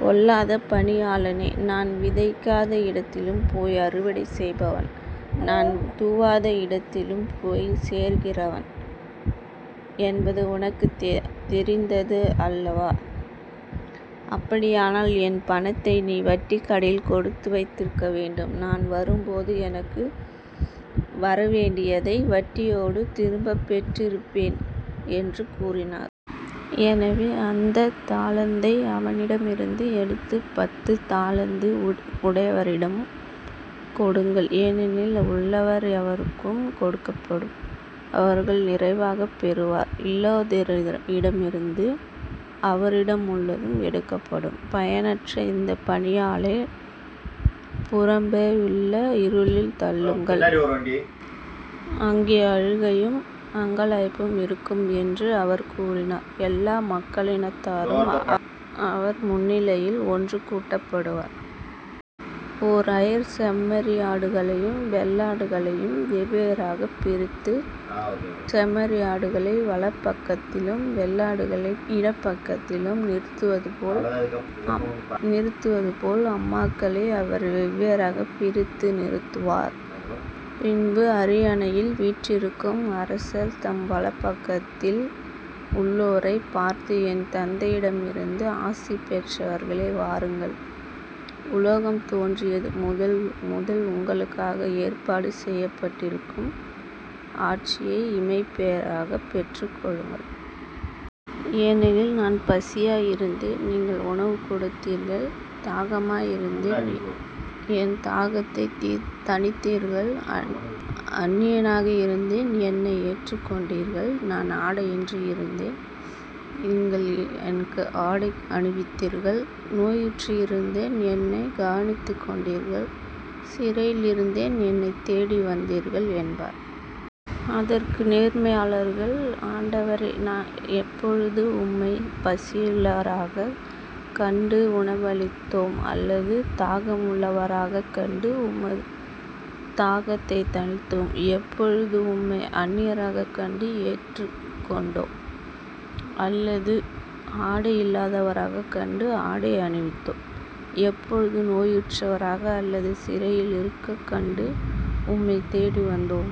பொல்லாத பணியாளனே நான் விதைக்காத இடத்திலும் போய் அறுவடை செய்பவன். நான் தூவாத இடத்திலும் போய் சேர்க்கிறவன் என்பது உனக்குத் தெரிந்திருந்தது அல்லவா? அப்படியானால் என் பணத்தை நீ வட்டிக் கடையில் கொடுத்து வைத்திருக்க வேண்டும். நான் வரும்போது எனக்கு வரவேண்டியதை வட்டியோடு திரும்பப் பெற்றிருப்பேன் என்று கூறினார். எனவே அந்தத் தாலந்தை அவனிடமிருந்து எடுத்துப் பத்துத் தாலந்து உடையவரிடம் கொடுங்கள். ஏனெனில் உள்ளவார் எவருக்கும் கொடுக்கப்படும். அவர்கள் நிறைவாகப் பெறுவர். இல்லாதோரிடமிருந்து அவரிடமுள்ளதும் எடுக்கப்படும். பயனற்ற இந்தப் பணியாளைப் புறம்பேயுள்ள இருளில் தள்ளுங்கள். அங்கே அழுகையும் அங்கலாய்ப்பும் இருக்கும் என்று அவர் கூறினார். எல்லா மக்களினத்தாரும் அவர் முன்னிலையில் ஒன்று கூட்டப்படுவார். ஓர் அயர் செம்மறியாடுகளையும் வெள்ளாடுகளையும் வெவ்வேறாகப் பிரித்துச் செம்மறியாடுகளை வலப்பக்கத்திலும் வெள்ளாடுகளை இடப்பக்கத்திலும் நிறுத்துவதுபோலநிறுத்துவதுபோல் அம்மக்களை அவர் வெவ்வேறாகப் பிரித்து நிறுத்துவார். பின்பு அரியணையில் வீற்றிருக்கும் அரசர் தம் வலப்பக்கத்தில் உள்ளோரைப் பார்த்து என் தந்தையிடமிருந்து ஆசி பெற்றவர்களே வாருங்கள் உலகம் தோன்றியது முதல் உங்களுக்காக ஏற்பாடு செய்யப்பட்டிருக்கும் ஆட்சியை இமைப்பேறாகப் பெற்றுக்கொள்ளுங்கள். ஏனெனில் நான் பசியாய் இருந்தேன் நீங்கள் உணவு கொடுத்தீர்கள் தாகமாய் இருந்தேன் என் தாகத்தைத் தீர் தணித்தீர்கள் அன்னியனாக இருந்தேன் என்னை ஏற்றுக் கொண்டீர்கள் நான் ஆடையின்றி இருந்தேன் நீங்கள் எனக்கு ஆடை அணிவித்தீர்கள் நோயுற்றிருந்தேன் என்னைக் கவனித்துக் கொண்டீர்கள் சிறையில் இருந்தேன் என்னைத் தேடி வந்தீர்கள் என்பார். அதற்கு நேர்மையாளர்கள் ஆண்டவரே நான் எப்பொழுது உம்மைப் பசியுள்ளவராகக் கண்டு உணவளித்தோம் அல்லது தாகமுள்ளவராகக் கண்டு உமது தாகத்தைத் தணித்தோம்? எப்பொழுது உம்மை அன்னியராகக் கண்டு ஏற்றுக் கொண்டோம்? அல்லது ஆடை இல்லாதவராகக் கண்டு ஆடை அணிவித்தோம்? எப்பொழுது நோயுற்றவராக அல்லது சிறையில் இருக்கக் கண்டு உம்மைத்தேடி வந்தோம்?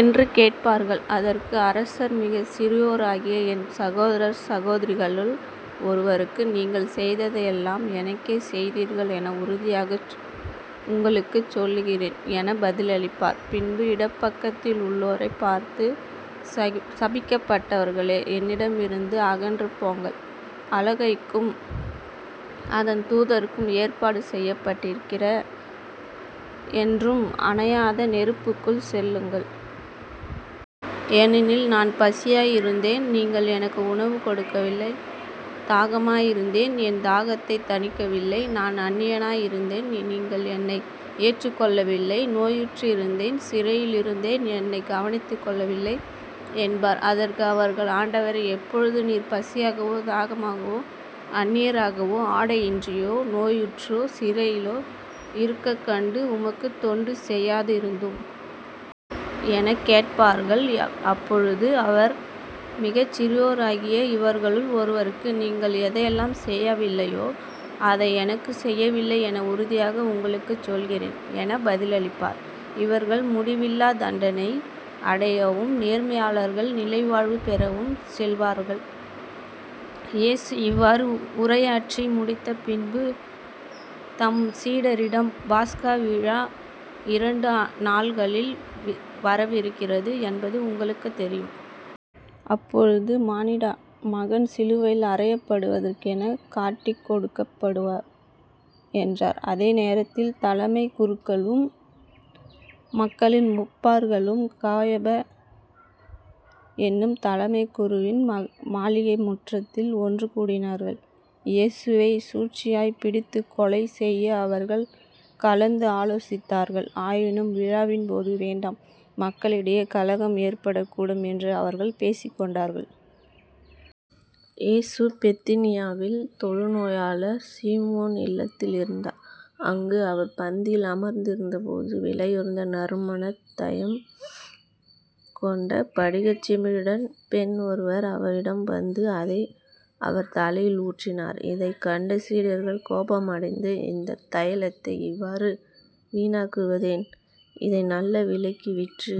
என்று கேட்பார்கள். அதற்கு அரசர் மிகச் சிறியோராகிய என் சகோதரர் சகோதரிகளுள் ஒருவருக்கு நீங்கள் செய்ததையெல்லாம் எனக்கே செய்தீர்கள் என உறுதியாக உங்களுக்குச் சொல்லுகிறேன் எனப் பதிலளிப்பார். பின்பு இடப்பக்கத்தில் உள்ளோரைப் பார்த்து ச சபிக்கப் பட்டவர்களே என்னிடமிருந்து அகன்று போங்கள். அலகைக்கும் அதன் தூதருக்கும் ஏற்பாடு செய்யப்பட்டிருக்கிற என்றும் அணையாத நெருப்புக்குள் செல்லுங்கள். ஏனெனில் நான் பசியாய் இருந்தேன் நீங்கள் எனக்கு உணவு கொடுக்கவில்லை தாகமாயிருந்தேன் என் தாகத்தைத் தணிக்கவில்லை. நான் அன்னியனாய் இருந்தேன் நீங்கள் என்னை ஏற்றுக் கொள்ளவில்லை. நோயுற்றிருந்தேன் சிறையிலிருந்தேன் என்னைக் கவனித்துக் கொள்ளவில்லை என்பார். அதற்கு அவர்கள் ஆண்டவரே எப்பொழுது நீர் பசியாகவோ தாகமாகவோ அன்னியராகவோ ஆடையின்றியோ நோயுற்றோ சிறையிலோ இருக்கக் கண்டு உமக்குத் தொண்டு செய்யாதிருந்தோம்? எனக் கேட்பார்கள். அப்பொழுது அவர் மிகச் சிறியோராகிய இவர்களுள் ஒருவருக்கு நீங்கள் எதையெல்லாம் செய்யவில்லையோ அதை எனக்கும் செய்யவில்லை என உறுதியாக உங்களுக்குச் சொல்கிறேன் எனப் பதிலளிப்பார். இவர்கள் முடிவில்லாத் தண்டனை அடையவும் நேர்மையாளர்கள் நிலை வாழ்வு பெறவும் செல்வார்கள். இயேசு இவ்வாறு உரையாற்றி முடித்த பின்பு தம் சீடரிடம் பாஸகா விழா இரண்டு நாள்களில் வரவிருக்கிறது என்பது உங்களுக்குத் தெரியும். அப்பொழுது மானிட மகன் சிலுவையில் அறையப்படுவதற்கெனக் காட்டிக்கொடுக்கப் படுவார் என்றார். அதே நேரத்தில் தலைமைக் குருக்களும் மக்களின் முப்பர்களும் கயப என்னும் தலைமைக் குருவின் மாளிகை முற்றத்தில் ஒன்று கூடினார்கள். இயேசுவைச் சூழ்ச்சியாய்ப் பிடித்துக் கொலை செய்ய அவர்கள் கலந்து ஆலோசித்தார்கள். ஆயினும் விழாவின்போது வேண்டாம் மக்களிடையே கலகம் ஏற்படக்கூடும் என்று அவர்கள் பேசிக் கொண்டார்கள். இயேசு பெத்தானியாவில் தொழுநோயாளர் சீமோன் இல்லத்தில் இருந்தார். அங்கு அவர் பந்தியில் அமர்ந்திருந்தபோது விலையுயர்ந்த நறுமணத் தையம் கொண்ட படிகச் சிமிழுடன் பெண் ஒருவர் அவரிடம் வந்து அதை அவர் தலையில் ஊற்றினார். இதைக் கண்ட சீடர்கள் கோபமடைந்து இந்தத் தைலத்தை இவ்வாறு வீணாக்குவதேன்? இதை நல்ல விலைக்கு விற்று